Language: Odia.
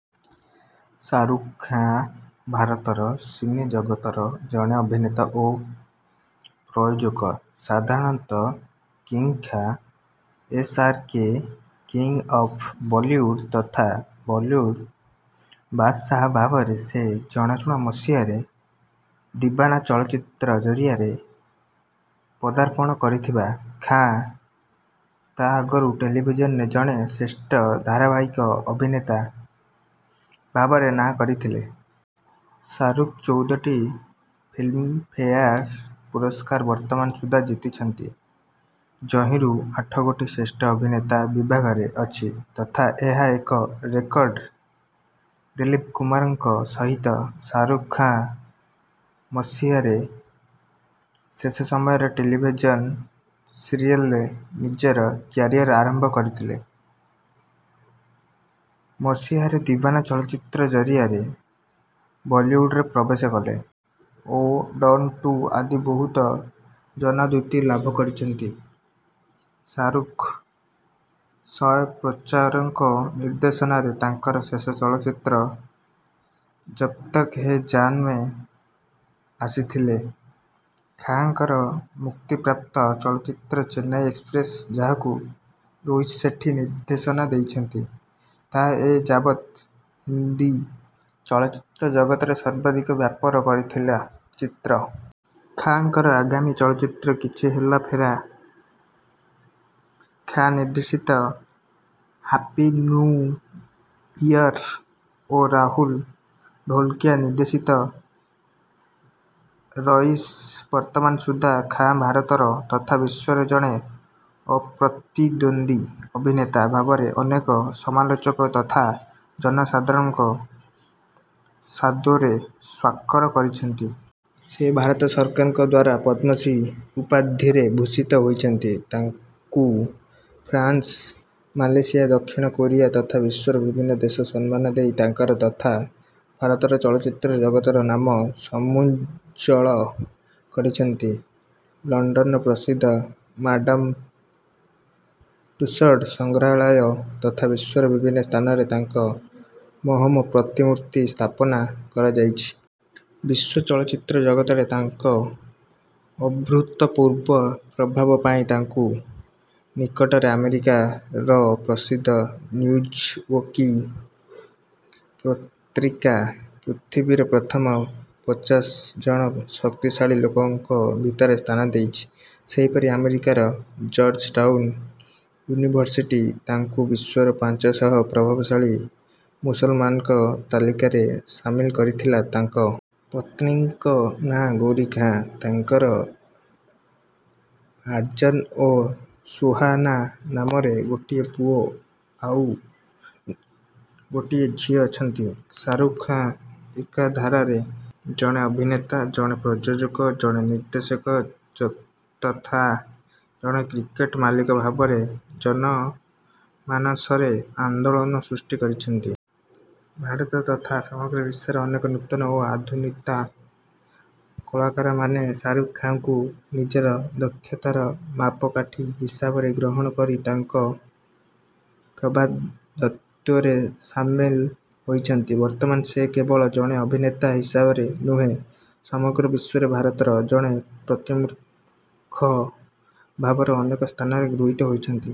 ସାହାରୁଖ ଖାଁ ଭାରତର ସିନେ ଜଗତର ଜଣେ ଅଭିନେତା ଓ ପ୍ରୟୋଜକ। ସାଧାରଣତଃ King Khan, S. R. K, King of Bollywood ତଥା ବଲିଉଡ଼ ବାଦଶାହ ଭାବରେ ସେ ଜଣାଶୁଣା। ମସିହାରେ ଦିବାନା ଚଳଚ୍ଚିତ୍ର ଜରିଆରେ ପଦାର୍ପଣ କରିଥିବା ଖାଁ ତା ଆଗରୁ ଟେଲିଭିଜନରେ ଜଣେ ଶ୍ରେଷ୍ଠ ଧାରାବାହିକ ଅଭିନେତା ଭାବରେ ନାଁ କରିଥିଲେ। ସାହାରୁଖ ଚଉଦଟି ଫିଲ୍ମଫେୟାର୍ ପୁରସ୍କାର ବର୍ତ୍ତମାନ ସୁଦ୍ଧା ଜିତିଛନ୍ତି, ଯହିଁରୁ ଆଠ ଗୋଟି ଶ୍ରେଷ୍ଠ ଅଭିନେତା ବିଭାଗରେ ଅଛି, ତଥା ଏହା ଏକ ରେକର୍ଡ଼ ଦିଲ୍ଲୀପ କୁମାରଙ୍କ ସହିତ। ସାହାରୁଖ ଖାଁ ମସିହାରେ ଶେଷ ସମୟରେ ଟେଲିଭିଜନ୍ ସିରିୟଲରେ ନିଜର କ୍ୟାରିୟର୍ ଆରମ୍ଭ କରିଥିଲେ। ମସିହାରେ ଦିୱାନା ଚଳଚ୍ଚିତ୍ର ଜରିଆରେ ବଲିଉଡରେ ପ୍ରବେଶ କଲେ। ଓ ଡନ ଟୁ ଆଦି ବହୁତ ଜନାଦୃତି ଲାଭ କରିଛନ୍ତି। ଶାହରୁଖ ସୟଶ ଚୋପ୍ରାଙ୍କ ନିର୍ଦ୍ଦେଶନାରେ ତାଙ୍କର ଶେଷ ଚଳଚ୍ଚିତ୍ର ଜବ୍ ତକ୍ ହେ ଜାନ୍ ରେ ଆସିଥିଲେ। ଖାଁଙ୍କର ମୁକ୍ତିପ୍ରାପ୍ତ ଚଳଚ୍ଚିତ୍ର ଚେନ୍ନାଇ ଏକ୍ସପ୍ରେସ୍ ଯାହାକୁ ରୋହିତ୍ ସେଟ୍ଟୀ ନିର୍ଦ୍ଦେଶନା ଦେଇଛନ୍ତି, ତାହା ଏ ଯାବତ୍ ହିନ୍ଦୀ ଚଳଚ୍ଚିତ୍ର ଜଗତର ସର୍ବାଧିକ ବ୍ୟାପାର କରିଥିବା ଚିତ୍ର। ଖାଁଙ୍କର ଆଗାମୀ ଚଳଚ୍ଚିତ୍ର କିଛି ହେଲା ଫେରା ଖାନ ନିର୍ଦ୍ଦେଶିତ ହାପି ନ୍ୟୁ ଇୟର୍ ଓ ରାହୁଲ ଢୋଲକିଆ ନିର୍ଦ୍ଦେଶିତ ରଈସ। ବର୍ତ୍ତମାନ ସୁଦ୍ଧା ଖାଁ ଭାରତର ତଥା ବିଶ୍ୱର ଜଣେ ଅପ୍ରତିଦ୍ୱନ୍ଦୀ ଅଭିନେତା ଭାବରେ ଅନେକ ସମାଲୋଚକ ତଥା ଜନସାଧାରଣ ସାଦରେ ସ୍ୱୀକର କରିଛନ୍ତି। ସେ ଭାରତ ସରକାରଙ୍କ ଦ୍ୱାରା ପଦ୍ମଶ୍ରୀ ଉପାଧିରେ ଭୂଷିତ ହୋଇଛନ୍ତି। ତାଙ୍କୁ ଫ୍ରାନ୍ସ, ମାଲୟସିଆ, ଦକ୍ଷିଣ କୋରିଆ ତଥା ବିଶ୍ୱର ବିଭିନ୍ନ ଦେଶ ସମ୍ମାନ ଦେଇ ତାଙ୍କର ତଥା ଭାରତର ଚଳଚ୍ଚିତ୍ର ଜଗତର ନାମ ସମୁଜ୍ଜ୍ୱଳ କରିଛନ୍ତି। ଲଣ୍ଡନର ପ୍ରସିଦ୍ଧ ମାଡାମ ଟୁଷଡ୍ ସଂଗ୍ରହାଳୟ ତଥା ବିଶ୍ୱର ବିଭିନ୍ନ ସ୍ଥାନରେ ତାଙ୍କ ମହମ ପ୍ରତିମୂର୍ତ୍ତି ସ୍ଥାପନା କରାଯାଇଛି। ବିଶ୍ୱ ଚଳଚ୍ଚିତ୍ର ଜଗତରେ ତାଙ୍କ ଅଭୂତପୂର୍ବ ପ୍ରଭାବ ପାଇଁ ତାଙ୍କୁ ନିକଟରେ ଆମେରିକାର ପ୍ରସିଦ୍ଧ ନ୍ୟୁଜୱିକ ପତ୍ରିକା ପୃଥିବୀର ପ୍ରଥମ ପଚାଶ ଜଣ ଶକ୍ତିଶାଳୀ ଲୋକଙ୍କ ଭିତରେ ସ୍ଥାନ ଦେଇଛି। ସେହିପରି ଆମେରିକାର ଜର୍ଜଟାଉନ୍ ୟୁନିଭର୍ସିଟି ତାଙ୍କୁ ବିଶ୍ୱର ପାଞ୍ଚଶହ ପ୍ରଭାବଶାଳୀ ମୁସଲମାନଙ୍କ ତାଲିକାରେ ସାମିଲ କରିଥିଲା। ତାଙ୍କ ପତ୍ନୀଙ୍କ ନାଁ ଗୌରୀ ଖାଁ। ତାଙ୍କର ଆର୍ଯନ୍ ଓ ସୁହାନା ନାମରେ ଗୋଟିଏ ପୁଅ ଆଉ ଗୋଟିଏ ଝିଅ ଅଛନ୍ତି। ସାହାରୁଖ ଖାଁ ଏକାଧାରରେ ଜଣେ ଅଭିନେତା, ଜଣେ ପ୍ରଯୋଜକ, ଜଣେ ନିର୍ଦ୍ଦେଶକ ତଥା ଜଣେ କ୍ରିକେଟ୍ ମାଲିକ ଭାବରେ ଜନମାନସରେ ଆନ୍ଦୋଳନ ସୃଷ୍ଟି କରିଛନ୍ତି। ଭାରତ ତଥା ସମଗ୍ର ବିଶ୍ୱର ଅନେକ ନୂତନ ଓ ଅଧୁନାତନ କଳାକାରମାନେ ସାହାରୁଖ ଖାଁଙ୍କୁ ନିଜର ଦକ୍ଷତାର ମାପକାଠି ହିସାବରେ ଗ୍ରହଣ କରି ତାଙ୍କ ପ୍ରବାଦତ୍ୱରେ ସାମିଲ ହୋଇଛନ୍ତି। ବର୍ତ୍ତମାନ ସେ କେବଳ ଜଣେ ଅଭିନେତା ହିସାବରେ ନୁହେଁ, ସମଗ୍ର ବିଶ୍ୱରେ ଭାରତର ଜଣେ ପ୍ରତିମୁଖ ଭାବରେ ଅନେକ ସ୍ଥାନରେ ଗୃହୀତ ହେଉଛନ୍ତି।